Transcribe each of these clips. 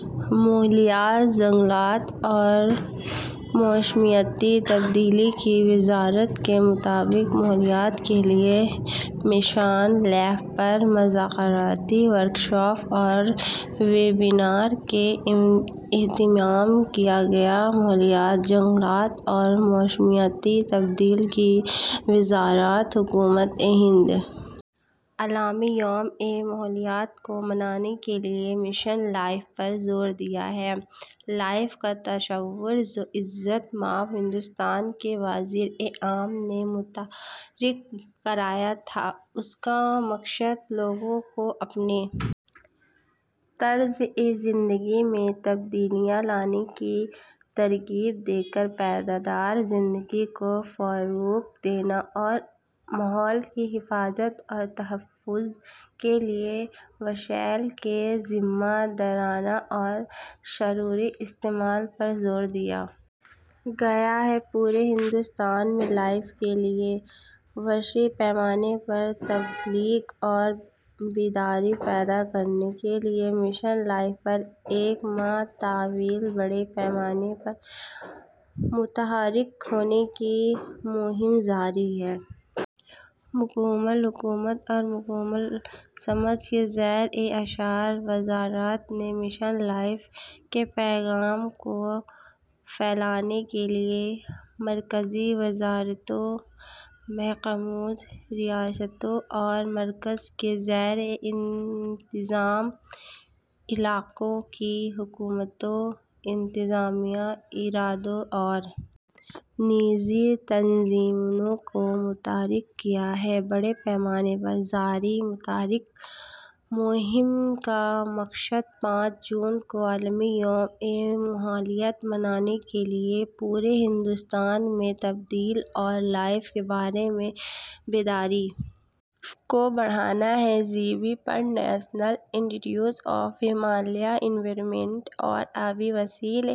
ماحولیات جنگلات اور موسمیاتی تبدیلی کی وزارت کے مطابق ماحولیات کے لیے مشن لائف پر مذاکراتی ورکشاپ اور ویبینار کا اہتمام کیا گیا ماحولیات جنگلات اور موسمیاتی تبدیلی کی وزارت حکومت ہند نے عالمی یوم ماحولیات کو منانے کے لیے مشن لائف پر زور دیا ہے لائف کا تصور جو عزت مآب ہندوستان کے وزیر اعظم نے متعارف کرایا تھا اس کا مقصد لوگوں کو اپنے طرز زندگی میں تبدیلیاں لانے کی ترغیب دے کر پائیدار زندگی کو فروغ دینا ہے اور ماحول کی حفاظت اور تحفظ کے لیے وسائل کے ذمہ دارانہ اور شعوری استعمال پر زور دیا گیا ہے پورے ہندوستان میں لائف کے لیے وسیع پیمانے پر تبلیغ اور بیداری پیدا کرنے کے لیے مشن لائف پر ایک ماہ طویل بڑے پیمانے پر متحرک ہونے کی مہم جاری ہے مکمل حکومت اور مکمل سماج کے زیر اثر وزارت نے مشن لائف کے پیغام کو پھیلانے کے لیے مرکزی وزارتوں محکموں ریاستوں اور مرکز کے زیر انتظام علاقوں کی حکومتوں انتظامیہ اداروں اور نجی تنظیموں کو متحرک کیا ہے بڑے پیمانے پر جاری متحرک مہم کا مقصد پانچ جون کو عالمی یوم ماحولیات منانے کے لیے پورے ہندوستان میں تبلیغ اور لائف کے بارے میں بیداری کو بڑھانا ہے جی بی پنت نیشنل انسٹی ٹیوٹ آف ہمالیائی ماحولیات ارضیات و آبی وسائل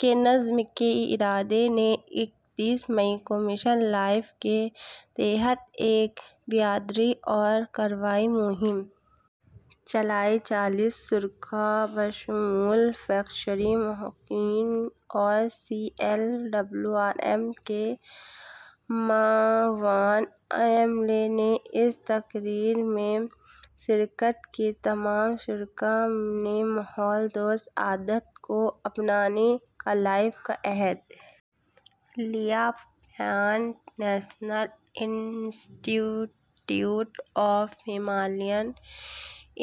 کے نظم کے ادارے نے اکتیس مئی کو مشن لائف کے تحت ایک بیداری اور کارروائی مہم چلائی چالیس شرکا بشمول فیکلٹی محققین اور C L W R M کے معاون عملے نے اس تقریب میں شرکت کی تمام شرکا نے ماحول دوست عادات کو اپنانے کا لائف کا عہد لیا پنت نیشنل انسٹی ٹیوٹ آف ہمالین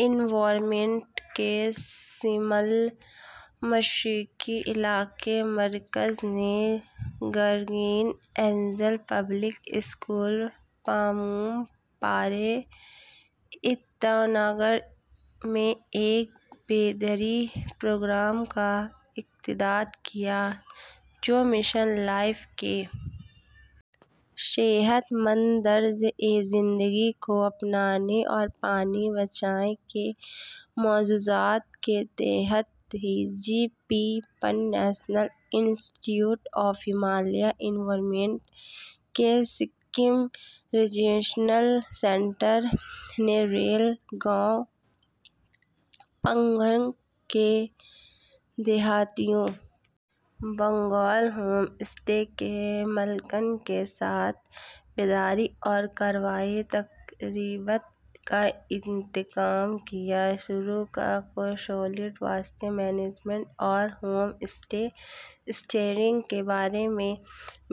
انوائرنمنٹ کے شمال مشرقی علاقائی مرکز نے guardian angel public school Papum Pare ایٹا نگر میں ایک بیداری پروگرام کا انعقاد کیا جو مشن لائف کے صحت مند طرز زندگی کو اپنائیں اور پانی بچائیں کے موضوعات کے تحت تھا جی بی پنت نیشنل انسٹی ٹیوٹ آف ہمالین انوائرنمنٹ کے سکم ریجنل سینٹر نے ریل گاؤں پنگتھانگ کے دیہاتیوں بشمول ہوم اسٹے کے مالکان کے ساتھ بیداری اور کارروائی تقریبات کا انعقاد کیا شرکا کو سالڈ ویسٹ مینجمنٹ اور ہوم اسٹے اسٹیئرنگ کے بارے میں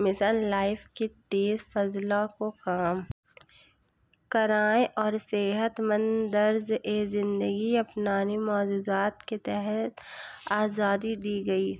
مشن لائف کے تھیم فضلہ کو کم کریں اور صحت مند طرز زندگی اپنائیں موضوعات کے تحت آگاہی دی گئی